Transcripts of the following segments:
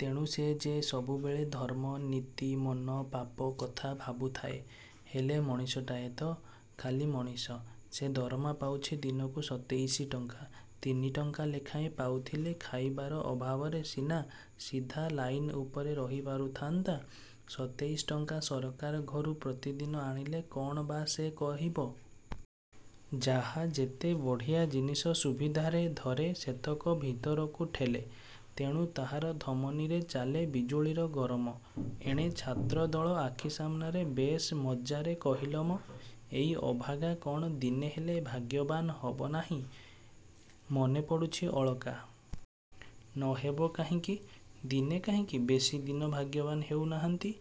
ତେଣୁ ସେ ଯେ ସବୁବେଳେ ଧର୍ମ, ନୀତି, ମନ, ପାପ କଥା ଭାବୁଥାଏ। ହେଲେ ମଣିଷଟାଏ ତ। –ଖାଲି ମଣିଷ? ସେ ଦରମା ପାଉଛି ଦିନକୁ ସତେଇଶି ଟଙ୍କା। ତିନିଟଙ୍କା ଲେଖାଁଏ ପାଉଥିଲେ ଖାଇବାର ଅଭାବରେ ସିନା ସିଧା ଲାଇନ ଉପରେ ରହି ପାରୁଥାନ୍ତା। ସତେଇଶ ଟଙ୍କା ସରକାର ଘରୁ ପ୍ରତିଦିନ ଆଣିଲେ କ'ଣ ବା ସେ କହିବ? ଯାହା ଯେତେ ବଢ଼ିଆ ଜିନିଷ ସୁବିଧାରେ ଧରେ ସେତକ ଭିତରକୁ ଠେଲେ। ତେଣୁ ତାହାର ଧମନୀରେ ଚାଲେ ବିଜୁଳିର ଗରମ... ଏଣେ ଛାତ୍ର ଦଳ ଆଖି ସାମନାରେ। –ବେଶ୍ ମଜ୍ଜାରେ କହିଲ ମ। ଏଇ ଅଭାଗା କ'ଣ ଦିନେହେଲେ ଭାଗ୍ୟବାନ୍ ହବ ନାହିଁ-?... ମନେ ପଡ଼ୁଛି ଅଳକା? –ନ ହେବ କାହିଁକି? ଦିନେ କାହିଁକି ବେଶୀଦିନ ଭାଗ୍ୟବାନ୍ ହେଉ ନାହାନ୍ତି?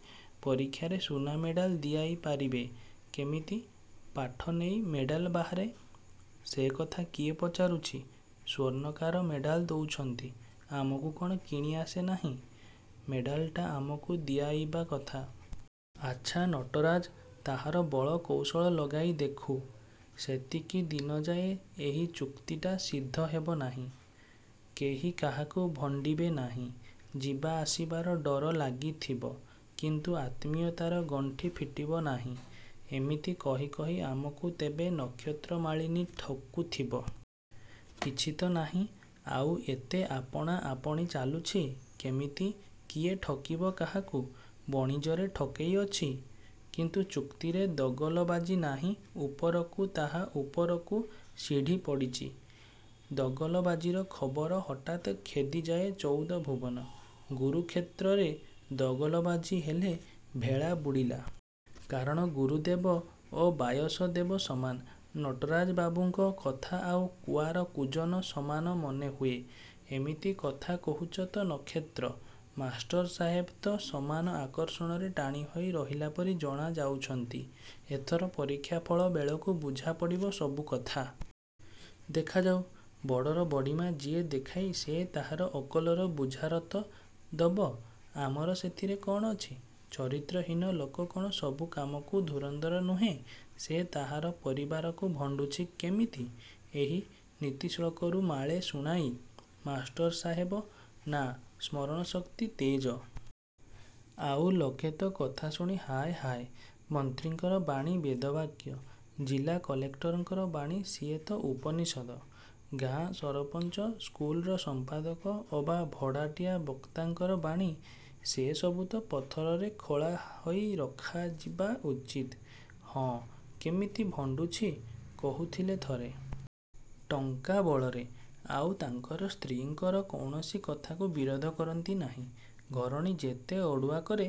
ପରୀକ୍ଷାରେ ସୁନା ମେଡ଼ାଲ ଦିଆଇ ପାରିବେ? –କେମିତି? ପାଠ ନେଇ ମେଡ଼ାଲ ବାହାରେ। –ସେ କଥା କିଏ ପଚାରୁଛି? ସ୍ୱର୍ଣ୍ଣକାର ମେଡ଼ାଲ ଦଉଛନ୍ତି। ଆମକୁ କ'ଣ କିଣି ଆସେ ନାହିଁ? ମେଡ଼ାଲଟା ଆମକୁ ଦିଆଇବା କଥା।... ଆଛା ନଟରାଜ ତାହାର ବଳ କୌଶଳ ଲଗାଇ ଦେଖୁ। –ସେତିକି ଦିନଯାଏ ଏହି ଚୁକ୍ତିଟା ସିଦ୍ଧ ହେବ ନାହିଁ। କେହି କାହାକୁ ଭଣ୍ଡିବେ ନାହିଁ। ଯିବା ଆସିବାର ଡୋର ଲାଗିଥିବ। କିନ୍ତୁ ଆତ୍ମୀୟତାର ଗଣ୍ଠି ଫିଟିବ ନାହିଁ। –ଏମିତି କହି କହି ଆମକୁ ତେବେ ନକ୍ଷତ୍ରମାଳିନୀ ଠକୁଥିବ। କିଛି ତ ନାହିଁ। ଆଉ ଏତେ ଆପଣା–ଆପଣି ଚାଲୁଛି କେମିତି? କିଏ ଠକିବ କାହାକୁ? –ବଣିଜରେ ଠକେଇ ଅଛି। କିନ୍ତୁ ଚୁକ୍ତିରେ ଦଗଲବାଜି ନାହିଁ ଉପରକୁ, ତାହା ଉପରକୁ, ସିଡ଼ି ପଡ଼ିଛି। ଦଗଲବାଜିର ଖବର ହଠାତ୍ ଖେଦିଯାଏ ଚଉଦ ଭୁବନ। ଗୁରୁ–କ୍ଷେତ୍ରରେ ଦଗଲବାଜୀ ହେଲେ ଭେଳା ବୁଡ଼ିଲା। କାରଣ ଗୁରୁଦେବ ଓ ବାୟସ–ଦେବ ସମାନ। ନଟରାଜ ବାବୁଙ୍କ କଥା ଆଉ କୁଆର କୂଜନ ସମାନ ମନେହୁଏ। –ଏମିତି କଥା କହୁଛ ତ ନକ୍ଷତ୍ର। ମାଷ୍ଟର ସାହେବ ତ ସମାନ ଆକର୍ଷଣରେ ଟାଣି ହୋଇ ରହିଲା ପରି ଜଣା ଯାଉଛନ୍ତି। ଏଥର ପରୀକ୍ଷା ଫଳ ବେଳକୁ ବୁଝାପଡ଼ିବ ସବୁକଥା। –ଦେଖାଯାଉ। ବଡ଼ର ବଡ଼ିମା ଯିଏ ଦେଖାଇ ସେ ତାହାର ଅକଲର ବୁଝାରତ ଦବ। ଆମର ସେଥିରେ କ'ଣ ଅଛି? ଚରିତ୍ରହୀନ ଲୋକ କ'ଣ ସବୁ କାମକୁ ଧୁରନ୍ଧର ନୁହେଁ? –ସେ ତାହାର ପରିବାରକୁ ଭଣ୍ଡୁଛି କେମିତି? –ଏହି। ନୀତିଶ୍ଳୋକରୁ ମାଳେ ଶୁଣାଇ। ମାଷ୍ଟର ସାହେବ ନା–ସ୍ମରଣ ଶକ୍ତି ତେଜ। ଆଉ ଲୋକେ ତ କଥା ଶୁଣି ହାୟ–ହାୟ। ମନ୍ତ୍ରୀଙ୍କର ବାଣୀ ବେଦବାକ୍ୟ। ଜିଲା କଲେକ୍ଟରଙ୍କର ବାଣୀ–ସିଏ ତ ଉପନିଷଦ। ଗାଁ ସରପଞ୍ଚ–ସ୍କୁଲର ସମ୍ପାଦକ ଅବା ଭଡ଼ାଟିଆ ବକ୍ତାଙ୍କର ବାଣୀ–ସେ ସବୁ ତ ପଥରରେ ଖୋଳା ହୋଇ ରଖାଯିବା ଉଚିତ୍। –ହଁ, କେମିତି ଭଣ୍ଡୁଛି? –କହୁଥିଲେ ଥରେ। ଟଙ୍କା ବଳରେ। ଆଉ ତାଙ୍କର ସ୍ତ୍ରୀଙ୍କର କୌଣସି କଥାକୁ ବିରୋଧ କରନ୍ତି ନାହିଁ। ଘରଣୀ ଯେତେ ଅଡ଼ୁଆ କରେ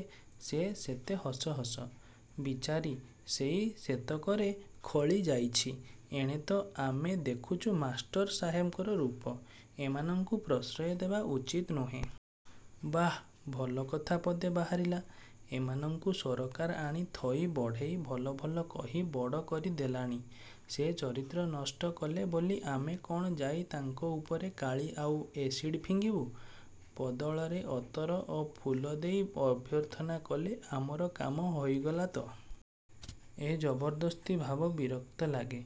ସେ ସେତେ ହସ–ହସ। ବିଚାରୀ ସେଇ ସେତକରେ ଘୋଳି ଯାଇଛି। ଏଣେ ତ ଆମେ ଦେଖୁଛୁ ମାଷ୍ଟର ସାହେବଙ୍କର ରୂପ। –ଏମାନଙ୍କୁ ପ୍ରଶ୍ରୟ ଦେବା ଉଚିତ୍ ନୁହେଁ। –ବାଃ, ଭଲ କଥା ପଦେ ବାହାରିଲା। ଏମାନଙ୍କୁ ସରକାର ଆଣି ଥୋଇ ବଢ଼େଇ ଭଲ ଭଲ କହି ବଡ଼ କରି ଦେଲାଣି। ସେ ଚରିତ୍ର ନଷ୍ଟ କଲେ ବୋଲି ଆମେ କ'ଣ ଯାଇ ତାଙ୍କ ଉପରେ କାଳି ଆଉ ଏସିଡ଼୍ ଫିଙ୍ଗିବୁ? –ବଦଳରେ ଅତର ଓ ଫୁଲ ଦେଇ ଅଭ୍ୟର୍ଥନା କଲେ ଆମର କାମ ହୋଇଗଲା ତ। –ଏ ଜବରଦସ୍ତି ଭାବ ବିରକ୍ତ ଲାଗେ।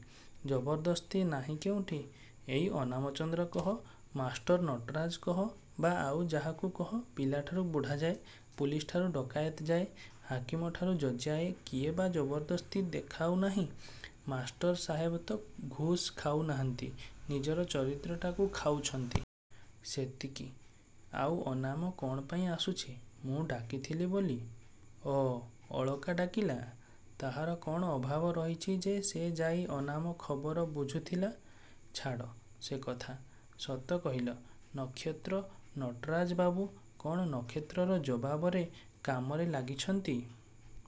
–ଜବରଦସ୍ତି ନାହିଁ କେଉଁଠି? ଏଇ ଅନାମ ଚନ୍ଦ୍ର କହ, ମାଷ୍ଟର ନଟରାଜ କହ ବା ଆଉ ଯାହାକୁ କହ ପିଲାଠାରୁ ବୁଢ଼ାଯାଏ, ପୁଲିସ ଠାରୁ ଡକାଏତ ଯାଏ, ହାକିମଠାରୁ ଜଜ୍ଯାଏ କିଏ ବା ଜବରଦସ୍ତି ଦେଖାଉ ନାହିଁ? ମାଷ୍ଟର ସାହେବ ତ ଘୁସ୍ ଖାଉ ନାହାନ୍ତି–ନିଜର ଚରିତ୍ରଟାକୁ ଖାଉଛନ୍ତି-। ସେତିକି, ଆଉ ଅନାମ କ'ଣ ପାଇଁ ଆସୁଛି? –ମୁଁ ଡାକିଥିଲି ବୋଲି। –ଓଃ, ଅଳକା ଡାକିଲା। ତାହାର କ'ଣ ଅଭାବ ରହିଛି ଯେ ସେ ଯାଇ ଅନାମ ଖବର ବୁଝୁଥିଲା? –ଛାଡ଼ ସେ କଥା। ସତ କହିଲ ନକ୍ଷତ୍ର–ନଟରାଜବାବୁ କ'ଣ ନକ୍ଷତ୍ରର ଜବାବରେ କାମରେ ଲାଗିଛନ୍ତି?